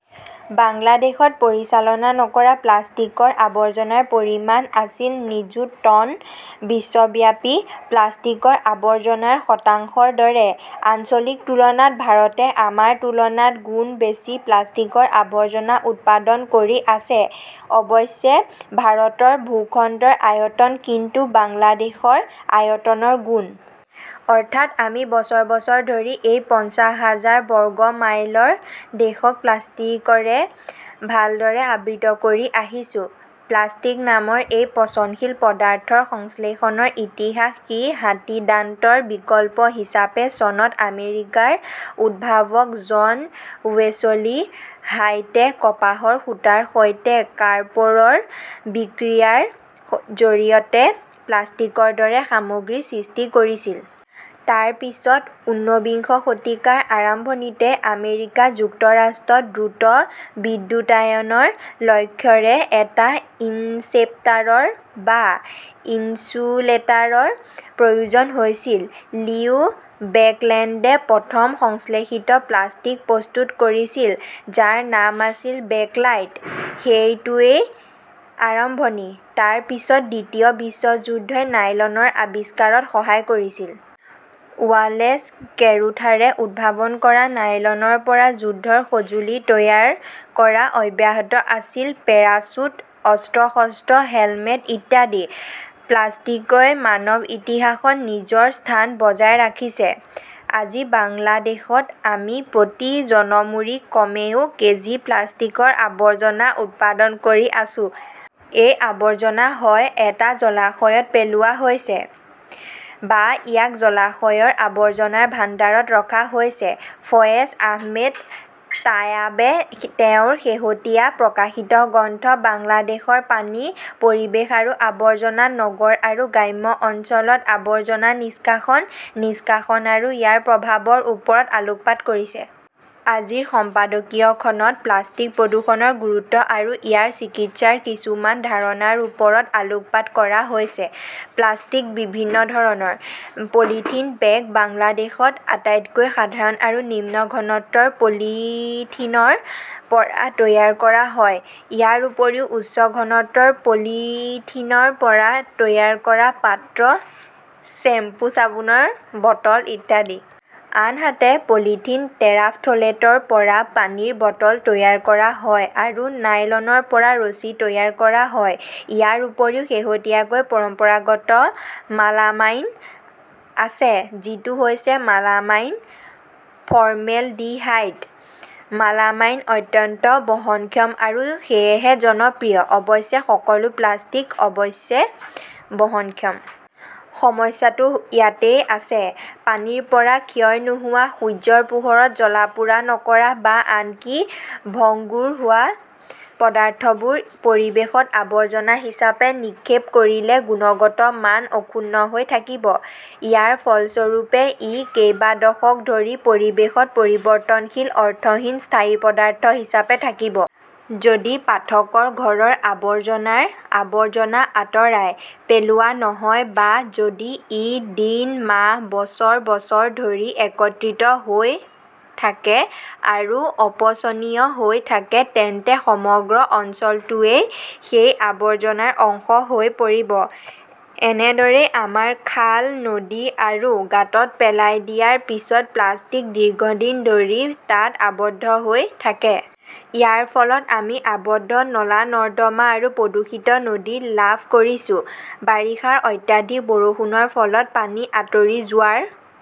বাংলাদেশত পৰিচালনা নকৰা প্লাষ্টিকৰ আৱৰ্জনাৰ পৰিমাণ আছিল নিযুত টন বিশ্বব্যাপী প্লাষ্টিকৰ আৱৰ্জনাৰ শতাংশৰ দৰে। আঞ্চলিক তুলনাত ভাৰতে আমাৰ তুলনাত গুণ বেছি প্লাষ্টিকৰ আৱৰ্জনা উৎপাদন কৰি আছে অৱশ্যে, ভাৰতৰ ভূখণ্ডৰ আয়তন কিন্তু বাংলাদেশৰ আয়তনৰ গুণ। অৰ্থাৎ, আমি বছৰ বছৰ ধৰি এই পঞ্চাশ হাজাৰ বৰ্গ মাইলৰ দেশক প্লাষ্টিকৰে ভালদৰে আবৃত কৰি আহিছো। প্লাষ্টিক নামৰ এই পচনশীল পদাৰ্থৰ সংশ্লেষণৰ ইতিহাস কি হাতীদান্তৰ বিকল্প হিচাপে চনত আমেৰিকাৰ উদ্ভাৱক জন ৱেছলি হাইটে কপাহৰ সূতাৰ সৈতে কাৰ্পৰৰ বিক্ৰিয়াৰ জৰিয়তে প্লাষ্টিকৰ দৰে সামগ্ৰী সৃষ্টি কৰিছিল। তাৰ পিছত, ঊনবিংশ শতিকাৰ আৰম্ভণিতে, আমেৰিকা যুক্তৰাষ্ট্ৰত দ্ৰুত বিদ্যুতায়নৰ লক্ষ্যৰে এটা ইনচেপ্টাৰ বা ইনচুলেটাৰৰ প্ৰয়োজন হৈছিল। লিও বেকলেণ্ডে প্ৰথম সংশ্লেষিত প্লাষ্টিক প্ৰস্তুত কৰিছিল, যাৰ নাম আছিল বেকলাইট। সেইটোৱেই আৰম্ভণি। তাৰ পিছত, দ্বিতীয় বিশ্বযুদ্ধই নাইলনৰ আৱিষ্কাৰত সহায় কৰিছিল। ৱালেছ কেৰোথাৰে উদ্ভাৱন কৰা নাইলনৰ পৰা যুদ্ধৰ সঁজুলি তৈয়াৰ কৰা অব্যাহত আছিল পেৰাচুট, অস্ত্ৰ-শস্ত্ৰ, হেলমেট ইত্যাদি। প্লাষ্টিকই মানৱ ইতিহাসত নিজৰ স্থান বজাই ৰাখিছে। আজি বাংলাদেশত আমি প্ৰতি জনমূৰি কমেও কেজি প্লাষ্টিকৰ আৱৰ্জনা উৎপাদন কৰি আছো! এই আৱৰ্জনা হয় এটা জলাশয়ত পেলোৱা হৈছে, বা ইয়াক জলাশয়ৰ আৱৰ্জনাৰ ভাণ্ডাৰত ৰখা হৈছে। ফয়েজ আহমেদ তায়াবে তেওঁৰ শেহতীয়া প্ৰকাশিত গ্ৰন্থ বাংলাদেশৰ পানী, পৰিৱেশ আৰু আৱৰ্জনা ত নগৰ আৰু গ্ৰাম্য অঞ্চলত আৱৰ্জনা নিষ্কাশন, নিষ্কাশন আৰু ইয়াৰ প্ৰভাৱৰ ওপৰত আলোকপাত কৰিছে। আজিৰ সম্পাদকীয়খনত প্লাষ্টিক প্ৰদূষণৰ গুৰুত্ব আৰু ইয়াৰ চিকিৎসাৰ কিছুমান ধাৰণাৰ ওপৰত আলোকপাত কৰা হৈছে। প্লাষ্টিক বিভিন্ন ধৰণৰ। পলিথিন বেগ বাংলাদেশত আটাইতকৈ সাধাৰণ আৰু নিম্ন ঘনত্বৰ পলিইথিলিনৰ পৰা তৈয়াৰ কৰা হয়। ইয়াৰ উপৰিও উচ্চ ঘনত্বৰ পলিইথিলিনৰ পৰা তৈয়াৰ কৰা পাত্ৰ, শ্বেম্পু-চাবোনৰ বটল ইত্যাদি। আনহাতে, পলিইথিলিন টেৰাফথলেটৰ পৰা পানীৰ বটল তৈয়াৰ কৰা হয় আৰু নাইলনৰ পৰা ৰছী তৈয়াৰ কৰা হয়। ইয়াৰ উপৰিও শেহতীয়াকৈ পৰম্পৰাগত মালামাইন আছে, যিটো হৈছে মালামাইন ফৰ্মেলডিহাইড। মালামাইন অত্যন্ত বহনক্ষম আৰু সেয়েহে জনপ্ৰিয়। অৱশ্যে, সকলো প্লাষ্টিক অৱশ্যে বহনক্ষম। সমস্যাটো ইয়াতেই আছে। পানীৰ পৰা ক্ষয় নোহোৱা, সূৰ্যৰ পোহৰত জ্বলা-পোৰা নকৰা বা আনকি ভংগুৰ হোৱা পদাৰ্থবোৰ পৰিৱেশত আৱৰ্জনা হিচাপে নিক্ষেপ কৰিলে গুণগত মান অক্ষুণ্ণ হৈ থাকিব। ইয়াৰ ফলস্বৰূপে, ই কেইবা দশক ধৰি পৰিৱেশত পৰিৱৰ্তনশীল অৰ্থহীন স্থায়ী পদাৰ্থ হিচাপে থাকিব। যদি পাঠকৰ ঘৰৰ আৱৰ্জনাৰ আৱৰ্জনা আঁতৰাই পেলোৱা নহয়, বা যদি ই দিন, মাহ, বছৰ, বছৰ ধৰি একত্ৰিত হৈ থাকে আৰু অপচনীয় হৈ থাকে, তেন্তে সমগ্ৰ অঞ্চলটোৱেই সেই আৱৰ্জনাৰ অংশ হৈ পৰিব। এনেদৰেই আমাৰ খাল, নদী আৰু গাঁতত পেলাই দিয়াৰ পিছত প্লাষ্টিক দীৰ্ঘদিন ধৰি তাত আবদ্ধ হৈ থাকে। ইয়াৰ ফলত আমি আবদ্ধ নলা-নৰ্দমা আৰু প্ৰদূষিত নদী লাভ কৰিছো। বাৰিষাৰ অত্যাধিক বৰষুণৰ ফলত পানী আঁতৰি যোৱাৰ